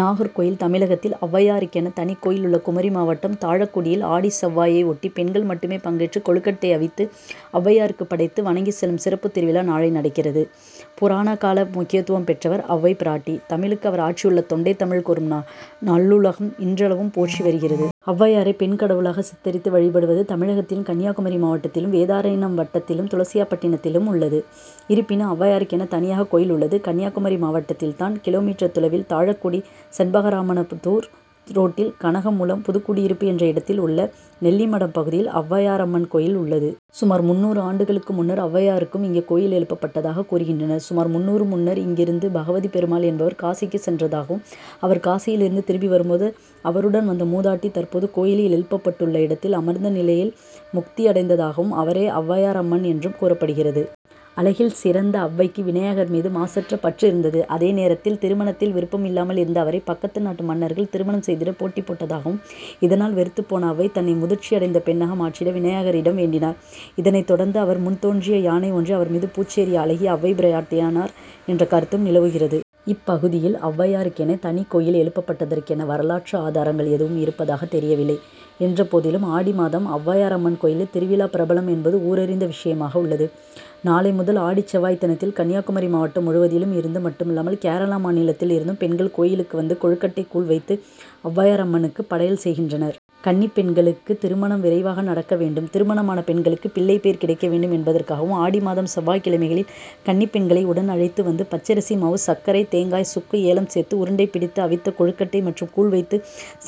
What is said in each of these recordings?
நாகர்கோவில் தமிழகத்தில் அவ்வையாருக்கென தனிக் கோயில் உள்ள குமரி மாவட்டம் தாழக்குடியில் ஆடிச் செவ்வாயை ஒட்டி பெண்கள் மட்டுமே பங்கேற்று கொழுக்கட்டை அவித்து அவ்வையாருக்கு படைத்து வணங்கிச் செல்லும் சிறப்பு திருவிழா நாளை நடக்கிறது. புராண கால முக்கியத்துவம் பெற்றவர் அவ்வை பிராட்டி. தமிழுக்கு அவர் ஆற்றியுள்ள தொண்டை தமிழ் கூறும் நல்லுலகம் இன்றளவும் போற்றி வருகிறது. அவ்வையாரை பெண் கடவுளாக சித்தரித்து வழிபடுவது தமிழகத்தில் கன்னியாகுமரி மாவட்டத்திலும், வேதாரண்யம் வட்டத்தில் துளசியாப்பட்டினத்திலும் உள்ளது. இருப்பினும் அவ்வையாருக்கென தனியாக கோயில் உள்ளது கன்னியாகுமரி மாவட்டத்தில் தான். கி.மீ. தொலைவில் தாழக்குடி-செண்பகராமன்புதூர் ரோட்டில் கனகமூலம் புதுகுடியிருப்பு என்ற இடத்தில் உள்ள நெல்லிமடம் பகுதியில் அவ்வையாரம்மன் கோயில் உள்ளது. சுமார் முந்நூறு ஆண்டுகளுக்கு முன்னர் அவ்வையாருக்கு இங்கு கோயில் எழுப்பப் பட்டதாக கூறுகின்றனர். சுமார் முந்நூறு முன்னர் இங்கிருந்து பகவதிப் பெருமாள் என்பவர் காசிக்கு சென்றதாகவும், அவர் காசியில் இருந்து திரும்பி வரும்போது அவருடன் வந்த மூதாட்டி தற்போது கோயில் எழுப்பப்பட்டுள்ள இடத்தில் அமர்ந்த நிலையில் முக்தியடைந்ததாகவும், அவரே அவ்வையாரம்மன் என்றும் கூறப்படுகிறது. அழகில் சிறந்த அவ்வைக்கு விநாயகர் மீது மாசற்ற பற்று இருந்தது. அதே நேரத்தில் திருமணத்தில் விருப்பம் இல்லாமல் இருந்த அவரை பக்கத்து நாட்டு மன்னர்கள் திருமணம் செய்திட போட்டி போட்டதாகவும், இதனால் வெறுத்துப்போன அவ்வை, தன்னை முதிர்ச்சி அடைந்த பெண்ணாக மாற்றிட விநாயகரிடம் வேண்டினார். இதனை தொடர்ந்து அவர் முன்தோன்றிய யானை ஒன்று அவர் மீது பூச்சொரிய, அழகி அவ்வை, பிராட்டியானார் என்ற கருத்தும் நிலவுகிறது. இப்பகுதியில் அவ்வையாருக்கென தனிக் கோயில் எழுப்பப்பட்டதற்கென வரலாற்று ஆதாரங்கள் எதுவும் இருப்பதாக தெரியவில்லை என்றபோதிலும் ஆடி மாதம் அவ்வையாரம்மன் கோயில் திருவிழா பிரபலம் என்பது ஊரறிந்த விஷயமாக உள்ளது. நாளை முதல் ஆடிச் செவ்வாய் தினத்தில் கன்னியாகுமரி மாவட்டம் முழுவதிலும் இருந்து மட்டுமல்லாமல், கேரள மாநிலத்தில் இருந்தும் பெண்கள் கோயிலுக்கு வந்து கொழுக்கட்டை, கூழ் வைத்து அவ்வையாரம்மனுக்கு படையல் செய்கின்றனர். கன்னிப் பெண்களுக்கு திருமணம் விரைவாக நடக்க வேண்டும். திருமணமான பெண்களுக்கு பிள்ளைப்பேறு கிடைக்க வேண்டும் என்பதற்காகவும் ஆடி மாதம் செவ்வாய்க் கிழமைகளில் கன்னிப் பெண்களை உடன் அழைத்து வந்து பச்சரிசி மாவு, சர்க்கரை, தேங்காய், சுக்கு, ஏலம் சேர்த்து உருண்டை பிடித்து அவித்த கொழுக்கட்டை மற்றும் கூழ் வைத்து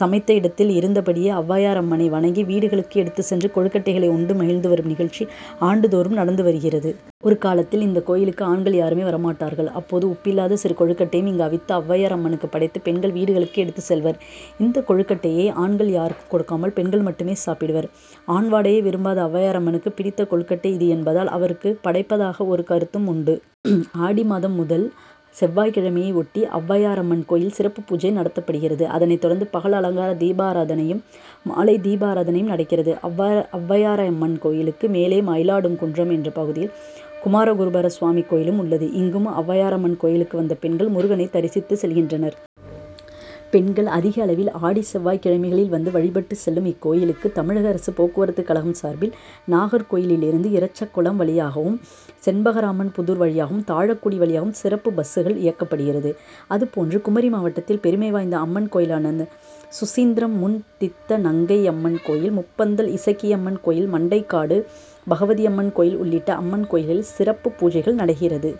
சமைத்த இடத்தில் இருந்தபடியே அவ்வையாரம்மனை வணங்கி வீடுகளுக்கு எடுத்து சென்று கொழுக்கட்டைகளை உண்டு மகிழ்ந்து வரும் நிகழ்ச்சி ஆண்டு தோறும் நடந்து வருகிறது. ஒரு காலத்தில் இந்தக் கோயிலுக்கு ஆண்கள் யாருமே வரமாட்டார்கள். அப்போது உப்பில்லாத சிறு கொழுக்கட்டையும் இங்கு அவித்து அவ்வையார் அம்மனுக்கு படைத்து பெண்கள் வீடுகளுக்கு எடுத்து செல்வர். இந்த கொழுக்கட்டையை ஆண்கள் யாருக்கும் கொடுக்காமல் பெண்கள் மட்டுமே சாப்பிடுவர். ஆண் வாடையை விரும்பாத அவ்வையாரம்மனுக்கு பிடித்த கொழுக்கட்டை இது என்பதால் அவருக்கு படைப்பதாக ஒரு கருத்தும் உண்டு. ஆடி மாத முதல் செவ்வாய் கிழமையை ஒட்டி அவ்வையாரம்மன் கோயில் சிறப்பு பூஜை நடத்தப்படுகிறது. அதனை தொடர்ந்து பகல் அலங்கார தீபாராதனையும், மாலை தீபாராதனை நடக்கிறது. அவ்வைஅவ்வையாரம்மன் கோயிலுக்கு மேலே மயிலாடும் குன்றம் என்ற பகுதியில் குமரகுருபர சுவாமி கோயிலும் உள்ளது. இங்கும் அவ்வையாரம்மன் கோயிலுக்கு வந்த பெண்கள் முருகனை தரிசித்து செல்கின்றனர். பெண்கள் அதிக அளவில் ஆடி செவ்வாய் கிழமைகளில் வந்து வழிபட்டு செல்லும் இக்கோயிலுக்கு தமிழக அரசு போக்குவரத்து கழகம் சார்பில் நாகர்கோவிலில் இருந்து இறச்சகுளம், வழியாகவும், செண்பகராமன்புதூர் வழியாகவும், தாழக்குடி வழியாகவும் சிறப்பு பஸ்கள் இயக்கபடுகிறது. அதுபோன்று குமரி மாவட்டத்தில் பெருமை வாய்ந்த அம்மன் கோயிலான சுசீந்திரம் முன்னுதித்தநங்கைஅம்மன் கோயில், முப்பந்தல் இசக்கியம்மன் கோயில், மண்டைகாடு பகவதியம்மன்கோயில் உள்ளிட்ட அம்மன்கோயில்களில் சிறப்பு பூஜைகள் நடக்கிறது.